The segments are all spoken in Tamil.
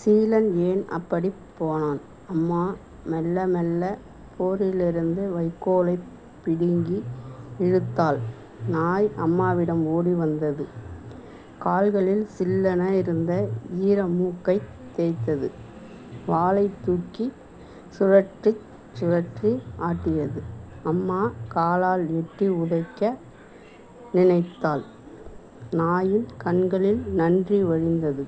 சீலன் ஏன் அப்படிப் போனான். அம்மா மெல்ல மெல்ல போரிலிருந்து வைக்கோலைப் பிடிங்கி இழுத்தாள். நாய் அம்மாவிடம் ஓடி வந்தது. கால்களில் சில்லென இருந்த ஈரமூக்கைத் தேய்த்தது. வாலைத்தூக்கி சுழற்றிச் சுழற்றி ஆட்டியது. அம்மா காலால் எட்டி உதைக்க நினைத்தாள். நாயின் கண்களில் நன்றி வழிந்தது.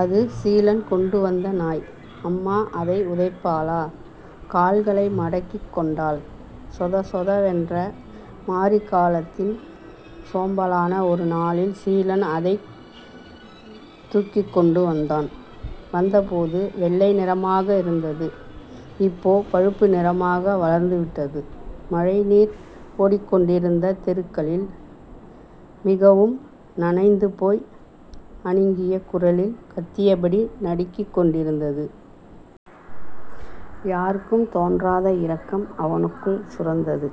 அது சீலன் கொண்டு வந்த நாய். அம்மா அதை உதைப்பாளா? கால்களை மடக்கிக் கொண்டாள். சொதசொத வென்ற மாரிகாலத்தின் சோம்பலான ஒரு நாளில் சீலன் அதைத் தூக்கிக்கொண்டு வந்தான். வந்தபோது வெள்ளைநிறமாக இருந்தது. இப்போ பழுப்பு நிறமாக வளர்ந்துவிட்டது. மழைநீர் ஓடிக்கொண்டிருந்த தெருக்களில் மிகவும் நனைந்துபோய் அனுங்கிய குரலில் கத்தியபடி நடுங்கிக் கொண்டிருந்தது. யாருக்கும் தோன்றாத இரக்கம் அவனுக்குள் சுரந்தது.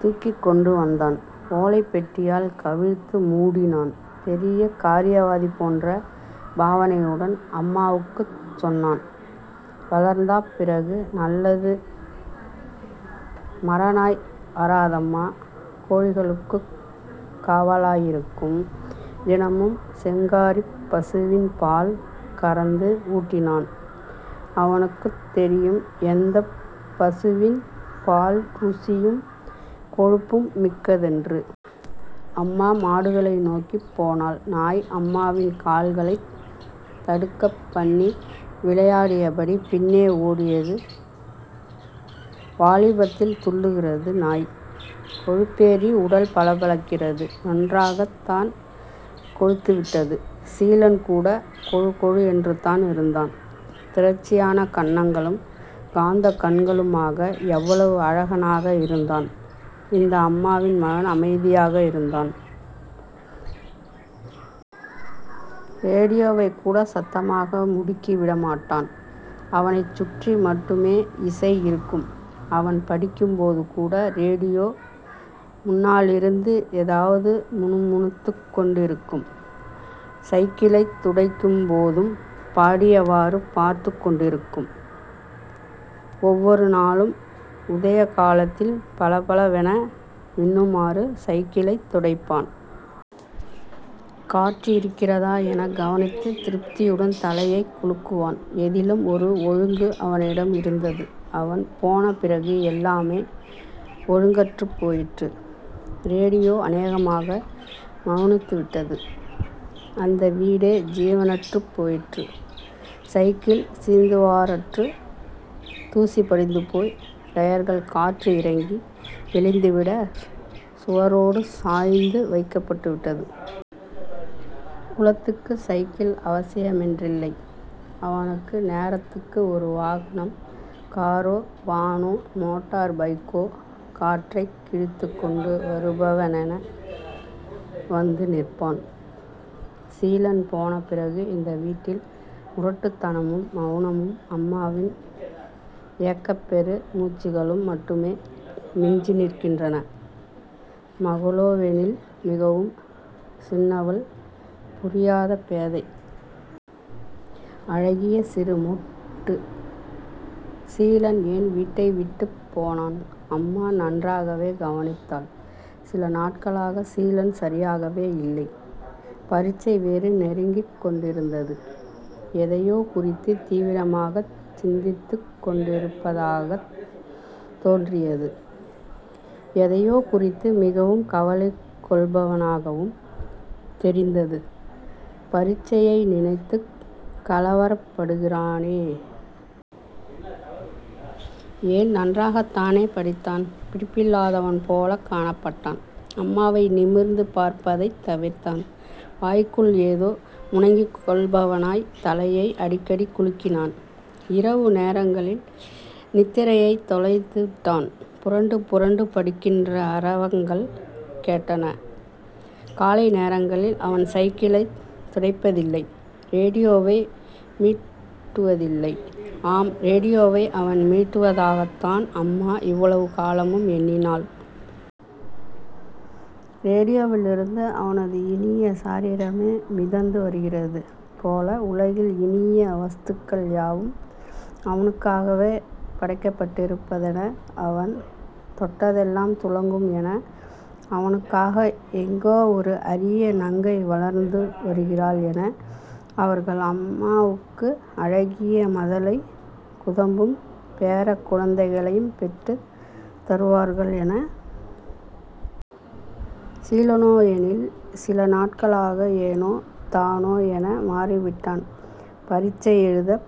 தூக்கிக்கொண்டு வந்தான். ஓலைப் பெட்டியால் கவிழ்த்து மூடினான். பெரிய காரியவாதி போன்ற பாவனையுடன் அம்மாவுக்குச் சொன்னான். வளர்ந்தாப் பிறகு நல்லது... மரநாய் வராதம்மா.... கோழிகளுக்குக் காவலாயிருக்கும். தினமும் செங்காரிப் பசுவில் பால் கறந்து ஊட்டினான். அவனுக்குத் தெரியும் எந்தப் பசுவின் பால் ருசியும், கொழுப்பும் மிக்கதென்று. அம்மா மாடுகளை நோக்கிப் போனாள். நாய் அம்மாவின் கால்களைத் தடுக்கப் பண்ணி விளையாடியபடி பின்னே ஓடியது. வாலிபத்தில் துள்ளுகிறது நாய். கொழுப்பேறி உடல் பளபளக்கிறது. நன்றாகத் தான் கொழுத்துவிட்டது. சீலன் கூட கொழுகொழு என்றுதான் இருந்தான். திரட்சியான கன்னங்களும், காந்தக் கண்களுமாக... எவ்வளவு அழகனாக இருந்தான் இந்த அம்மாவின் மகன அமைதியாக இருந்தான். ரேடியோவைக் கூட சத்தமாக முடுக்கி விட மாட்டான். அவனைச் சுற்றி மட்டுமே இசை இருக்கும். அவன் படிக்கும்போது கூட ரேடியோ முன்னாலிருந்து எதாவது முணுமுணுத்துக் கொண்டிருக்கும். சைக்கிளைத் துடைக்கும் போதும் பாடியவாறு பார்த்துக் கொண்டிருக்கும் ஒவ்வொரு நாளும் உதயகாலத்தில் பளபள வென மின்னுமாறு சைக்கிளைத் துடைப்பான். காற்று இருக்கிறதா எனக் கவனித்து திருப்தியுடன் தலையைக் குலுக்குவான். எதிலும் ஒரு ஒழுங்கு அவனிடம் இருந்தது. அவன் போன பிறகு எல்லாமே ஒழுங்கற்றுப் போயிற்று. ரேடியோ அநேகமாக மெளனித்து விட்டது. அந்த வீடே ஜீவனற்றுப் போயிற்று. சைக்கிள் சீந்துவாரற்று தூசி படிந்துபோய் ரயர்கள் காற்று இறங்கி மெலிந்துவிட சுவரோடு சாய்ந்து வைக்கப்பட்டு விட்டது. குலத்துக்கு சைக்கில் அவசியமென்றில்லை. அவனுக்கு நேரத்துக்கு ஒரு வாகனம் காரோ வானோ மோட்டார் பைக்கோ.... காற்றைக் கிழித்துக்கொண்டு வருபவனென வந்து நிற்பான். சீலன் போன பிறகு இந்த வீட்டில் முரட்டுத்தனமும் மெளனமும் அம்மாவின் ஏக்கப்பெரு மூச்சுகளும் மட்டுமே மிஞ்சிநிற்கின்றன. மகளோவெனில் மிகவும் சின்னவள். புரியாத பேதை. அழகிய சிறு மொட்டு. சீலன் ஏன் வீட்டை விட்டுப் போனான்? அம்மா நன்றாகவே கவனித்தாள். சில நாட்களாக சீலன் சரியாகவே இல்லை. பரிட்சை வேறு நெருங்கிக் கொண்டிருந்தது. எதையோ குறித்து தீவிரமாகச் சிந்தித்துக் கொண்டிருப்பதாகத் தோன்றியது; எதையோ குறித்து மிகவும் கவலை கொள்பவனாகவும் தெரிந்தது. பரிட்சையை நினைத்துக் கலவரப் படுகிறானே? ஏன் நன்றாகத்தானே படித்தான் பிடிப்பில்லாதவன் போலக் காணப்பட்டான். அம்மாவை நிமிர்ந்து பார்ப்பதைத் தவிர்த்தான். வாய்க்குள் ஏதோ முனகிக்கொள்பவனாய் தலையை அடிக்கடிகுலுக்கினான். இரவுநேரங்களில் நித்திரையைத் தொலைத்து விட்டான். புரண்டு புரண்டு படுக்கின்ற அரவங்கள் கேட்டன. காலை நேரங்களில் அவன் சைக்கிளைத் துடைப்பதில்லை. ரேடியோவை மீட்டுவதில்லை. ஆம் ரேடியோவை அவன் மீட்டுவதாகத் தான் அம்மா இவ்வளவு காலமும் எண்ணினாள். ரேடியோவில் இருந்து அவனது இனிய சாரிரமே மிதந்து வருகிறது போல... உலகின் இனிய வஸ்துகள் யாவும் அவனுக்காகவே படைக்கப்பட்டிருப்பதென.... அவன் தொட்டதெல்லாம் துலங்கும் என.... அவனுக்காக எங்கோ ஒரு அரிய நங்கை வளர்ந்து வருகிறாள் என... அவர்கள் அம்மாவுக்கு அழகிய மதலை குதம்பும் பேரக் குழந்தைகளைப் பெற்றுத் தருவார்கள் என.... சீலனோ எனில் சில நாட்களாக ஏனோ தானோ என மாறிவிட்டான். பரிட்சை எழுதப்